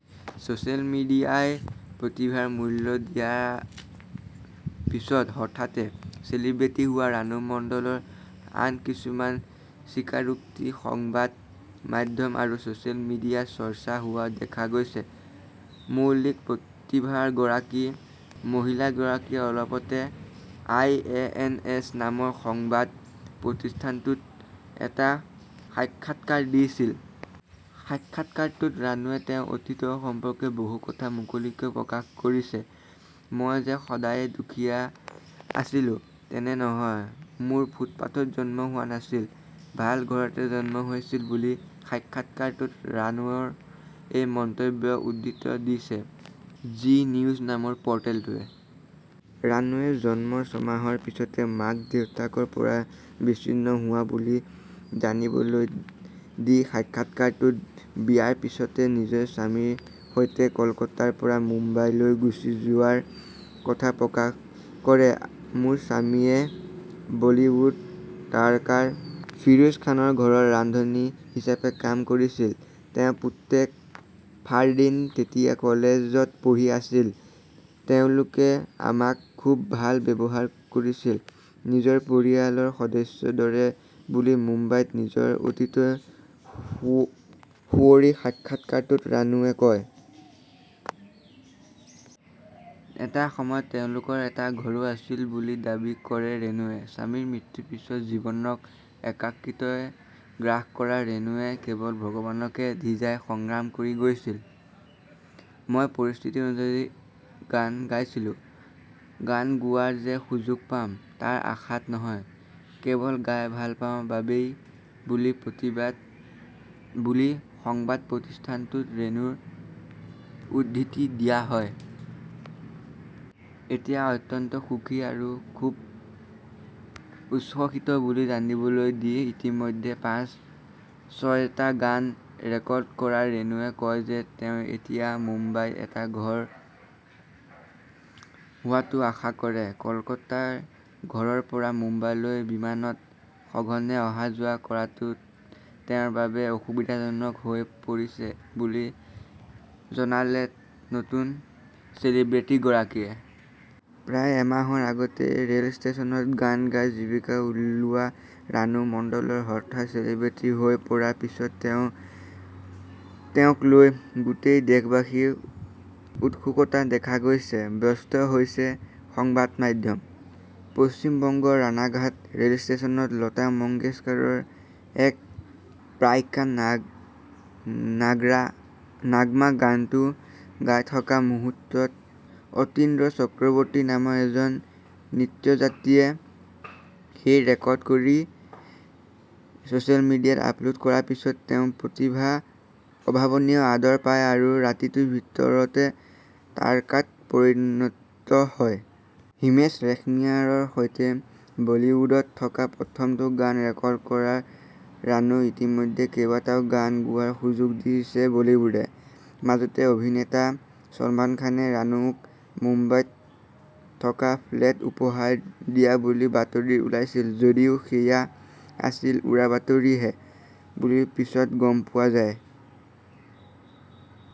Social মিডিয়াই প্ৰতিভাৰ মূল্য দিয়াৰ পিছত হঠাতে চেলিব্ৰেটি হোৱা ৰাণু মণ্ডলৰ আন কিছুমান স্বীকাৰোক্তি সংবাদ মাধ্যম আৰু ছচিয়েল মিডিয়াত চৰ্চা হোৱা দেখা গৈছে। মৌলিক প্ৰতিভাৰ গৰাকী মহিলাগৰাকীয়ে অলপতে আই এ এন এছ নামৰ সংবাদ প্ৰতিষ্ঠানটোত এটা সাক্ষাৎকাৰ দিছিল। সাক্ষাৎকাৰটোত ৰাণুৱে তেওঁৰ অতীত সম্পৰ্কে বহু কথা মুকলিকৈ প্ৰকাশ কৰিছে। মই যে সদায়ে দুখীয়াই আছিলো তেনে নহয়, মোৰ ফুটপাথত জন্ম হোৱা নাই, ভাল ঘৰতে জন্ম হৈছিলো বুলি সাক্ষাৎকাৰটোত ৰাণুৰ এই মন্তব্যৰ উদ্ধৃতি দিছে জী নিউজ নামৰ পৰ্টেলটোৱে। ৰাণুৱে জন্মৰ ছমাহৰ পিছতে মাক দেউতাকৰ পৰা বিচ্ছিন্ন হোৱা বুলি জানিবলৈ দি সাক্ষাৎকাৰটোত বিয়াৰ পিছতে নিজৰ স্বামীৰ সৈতে কলকাতাৰ পৰা মুম্বাইলৈ গুচি যোৱাৰ কথা প্ৰকাশ কৰে। মোৰ স্বামীয়ে বলিউড তাৰকা ফিৰোজ খানৰ ঘৰত ৰান্ধনী হিচাপে কাম কৰিছিল, তেওঁৰ পুতেক ফাৰদীন তেতিয়া কলেজত পঢ়ি আছিল, তেওঁলোকে আমাক খুব ভাল ব্যৱহাৰ কৰিছিল নিজৰ পৰিয়ালৰ সদস্যৰ দৰে বুলি মুম্বাইত নিজৰ অতীত সুঁৱৰি সাক্ষাৎকাৰটোত ৰাণুৱে কয়। এটা সময়ত তেওঁলোকৰ এটা ঘৰো আছিল বুলি দাবী কৰে ৰাণুৱে। স্বামীৰ মৃত্যুৰ পিছত জীৱনক একাকীত্বই গ্ৰাস কৰা ৰাণুৱে কেৱল ভগৱানকে ধিয়াই সংগ্ৰাম কৰি গৈছিল। মই পৰিস্থিতি অনুযায়ী গান গাইছিলো, গান গোৱাৰ যে সুযোগ পাম তাৰ আশাত নহয় কেৱল গাই ভাল পাওঁ বাবেই বুলি সংবাদ প্ৰতিষ্ঠানটোত ৰাণুৰ উদ্ধৃতি দিয়া হয়। এতিয়া অত্যন্ত সুখী আৰু খুব উচ্ছ্বসিত বুলি জানিবলৈ দি ইতিমধ্যে পাঁচ ছয়টা গান ৰেকৰ্ডিং কৰা ৰাণুৱে কয় যে তেওঁ এতিয়া মুম্বাইত এটা ঘৰ হোৱাটো আশা কৰে। কলকাতাৰ ঘৰৰ পৰা মুম্বাইলৈ বিমানত সঘনে অহাযোৱা কৰাটো তেওঁৰ বাবে অসুবিধাজনক হৈ পৰিছে বুলি জনালে নতুন চেলিব্ৰেটিগৰাকীয়ে। প্ৰায় এমাহৰ আগলৈকে ৰেল ষ্টেচনত গান গাই জীৱিকা উলিওৱা ৰাণু মণ্ডল হঠাৎ চেলিব্ৰেটি হৈ পৰাৰ পিছত তেওঁক লৈ গোটেই দেশবাসীৰ উৎসুকতা দেখা গৈছে, ব্যস্ত হৈছে সংবাদ মাধ্যম। পশ্চিমবংগৰ ৰাণাঘাট ৰেল ষ্টেচনত লতা মংগেশকাৰৰ এক প্যাৰ কা নাগমা গানটো গাই থকা মুহূৰ্তত অতীন্দ্ৰ চক্ৰৱৰ্তী নামৰ এজন নিত্যযাত্ৰীয়ে সেয়া ৰেকৰ্ডিং কৰি ছচিয়েল মিডিয়াত আপলোড কৰাৰ পিছতে তেওঁৰ প্ৰতিভাই অভাৱনীয় আদৰ পায় আৰু ৰাতিটোৰ ভিতৰতে তাৰকাত পৰিণত হয়। হিমেশ ৰেশমিয়াৰ সৈতে বলিউডত প্ৰথম গানটো ৰেকৰ্ডিং কৰা ৰাণুক ইতিমধ্যে কেইবাটাও গান গোৱাৰ সুযোগ দিছে বলিউডে। মাজতে অভিনেতা ছলমান খানে ৰাণুক মুম্বাইত এটা ফ্লেট উপহাৰ দিয়া বুলি বাতৰি ওলাইছিল যদিও সেয়া আছিল উৰাবাতৰিহে বুলি পিছত গম পোৱা যায়।